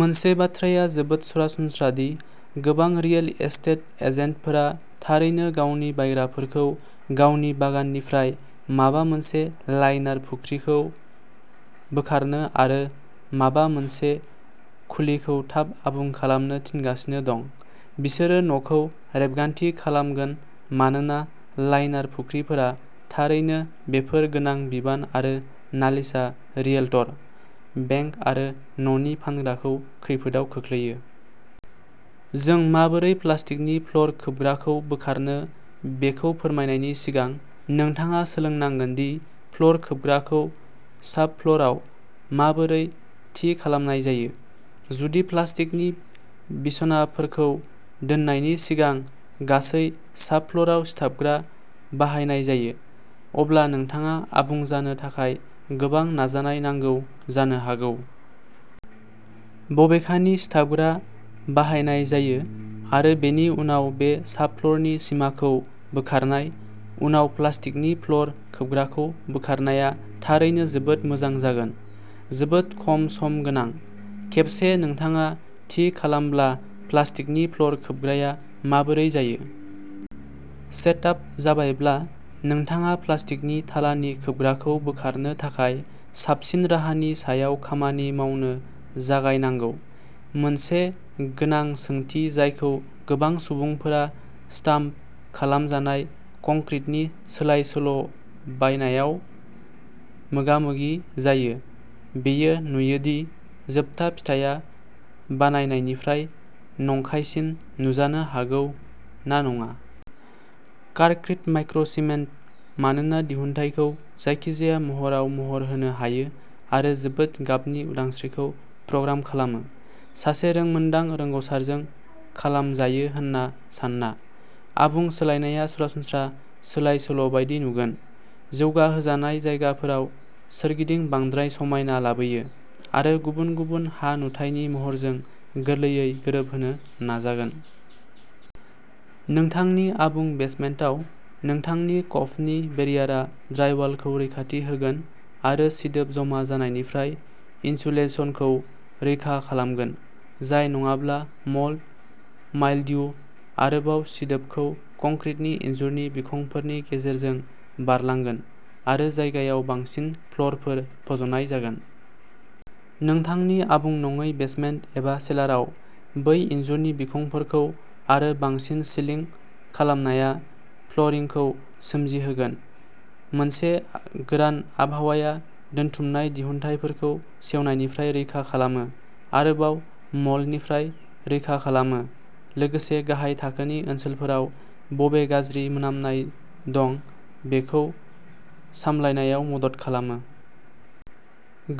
मोनसे बाथ्राया जोबोद सरासनस्रा दि गोबां रियेल एस्टेट एजेन्टफोरा थारैनो गावनि बायग्राफोरखौ गावनि बागाननिफ्राय माबा मोनसे लाइनार फुख्रिखौ बोखारनो आरो माबा मोनसे खुलिखौ थाब आबुं खालामनो थिनगासिनो दं, बिसोरो न'खौ रेबगान्थि खालामगोन मानोना लाइनार फुख्रिफोरा थारैनो बेफोर गोनां बिबान आरो नालिसआ रियेल्टर, बेंक आरो न'नि फानग्राखौ खैफोदआव खोख्लैयो। जों माबोरै प्लास्टिकनि फ्ल'र खोबग्राखौ बोखारनो बेखौ फोरमायनायनि सिगां, नोंथाङा सोलोंनांगोन दि फ्ल'र खोबग्राखौ साबफ्ल'राव माबोरै थि खालामनाय जायो। जुदि प्लास्टिकनि बिसनाफोरखौ दोननायनि सिगां गासै साबफ्ल'राव सिथाबग्रा बाहायनाय जायो, अब्ला नोंथाङा आबुं जानो थाखाय गोबां नाजानाय नांगौ जानो हागौ। बबेखानि, सिथाबग्रा बाहायनाय जायो आरो बेनि उनाव बे साबफ्ल'रनि सिमाखौ बोखारनाय, उनाव प्लास्टिकनि फ्ल'र खोबग्राखौ बोखारनाया थारैनो जोबोद मोजां जागोन, जोबोद खम सम गोनां। खेबसे नोंथाङा थि खालामब्ला प्लास्टिकनि फ्ल'र खोबग्राया माबोरै जायो। सेटआप जाबायब्ला, नोंथाङा प्लास्टिकनि थालानि खोबग्राखौ बोखारनो थाखाय साबसिन राहानि सायाव खामानि मावनो जागायनांगौ। मोनसे गोनां सोंथि जायखौ गोबां सुबुंफोरा स्टाम्प खालामजानाय कंक्रिटनि सोलाय-सोल'बायनायाव मोगामोगि जायो, बेयो नुयो दि जोबथा फिथाइया बानायनायनिफ्राय नंखायसिम नुजानो हागौ ना नङा। कारक्रिट माइक्र'सिमेन्ट'मानोना दिहुनथायखौ जायखिजाया महरआव महर होनो हायो आरो जोबोद गाबनि उदांस्रिखौ प्रग्राम खालामो, सासे रोंमोन्दां रोंग'सारजों खालामजायो होन्ना सान्ना, आबुं सोलायनाया सरासनस्रा सोलाय-सोल'बायदि नुगोन। जौगाहोजानाय जायगाफोराव सोरगिदिं बांद्राय समायना लाबोयो आरो गुबुन गुबुन हा-नुथायनि महरजों गोरलैयै गोरोबहोनो नाजागोन। नोंथांनि आबुं बेसमेन्टाव, नोंथांनि खफनि बेरियारा ड्राइवालखौ रैखाथि होगोन आरो सिदोब जमा जानायनिफ्राय इनसुलेसनखौ रैखा खालामगोन जाय नङाब्ला मोल्ड, माइल्ड्यु, आरोबाव सिदोबखौ कंक्रिटनि इनजुरनि बिखंफोरनि गेजेरजों बारलांगोन आरो जायगायाव बांसिन फ्ल'रफोर फज'नाय जागोन। नोंथांनि आबुं नङै बेसमेन्ट एबा सेलारआव, बै इनजुरनि बिखंफोरखौ आरो बांसिन सिलिं खालामनाया फ्ल'रिंखौ सोमजि होगोन। मोनसे गोरान आबहावाया, दोनथुमनाय दिहुनथायफोरखौ सेवनायनिफ्राय रैखा खालामो, आरोबाव मोल्डनिफ्राय रैखा खालामो, लोगोसे गाहाय थाखोनि ओनसोलफोराव बबे गाज्रि मोनामनाय दं बेखौ सामलायनायाव मदद खालामो।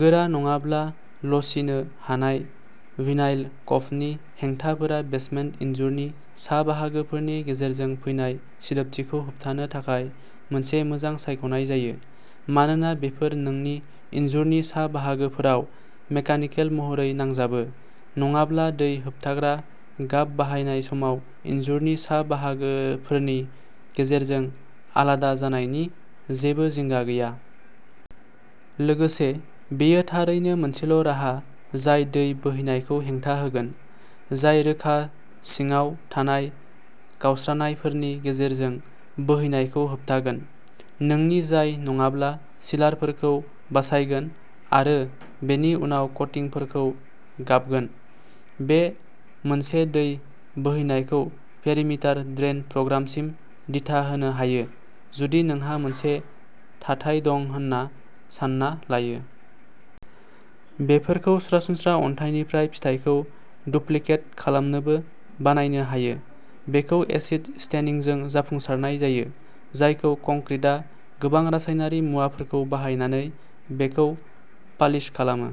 गोरा नङाब्ला लचिनो हानाय, भिनाइल खफनि हेंथाफोरा बेसमेन्ट इनजुरनि सा बाहागोफोरनि गेजेरजों फैनाय सिदोबथिखौ होबथानो थाखाय मोनसे मोजां सायख'नाय जायो। मानोना बेफोर नोंनि इनजुरनि सा बाहागोफोराव मेकानिकेल महरै नांजाबो, नङाब्ला दै होबथाग्रा गाब बाहायनाय समाव इनजुरनि सा बाहागोफोरनि गेजेरजों आलादा जानायनि जेबो जिंगा गैया। लोगोसे, बेयो थारैनो मोनसेल'राहा जाय दै बोहैनायखौ हेंथा होगोन, जाय रोखा सिङाव थानाय गावस्रानायफोरनि गेजेरजों बोहैनायखौ होबथागोनः नोंनि जाय नङाब्ला सिलारफोरखौ बासायगोन आरो बेनि उनाव कटिंगफोरखौ गाबगोन। बे मोनसे दै बोहैनायखौ पेरिमिटार ड्रेइन प्रग्रामसिम दिथा होनो हायो, जुदि नोंहा मोनसे थाथाय दं होन्ना सान्ना लायो। बेफोरखौ सरासनस्रा अन्थाइनिफ्राय फिथायखौ डुप्लिकेट खालामनोबो बानायनो हायो। बेखौ एसिड स्टेनिंजों जाफुंसारनाय जायो, जायखौ कंक्रिटआ गोबां रासायनारि मुवाफोरखौ बाहायनानै बेखौ पालिश खालामो।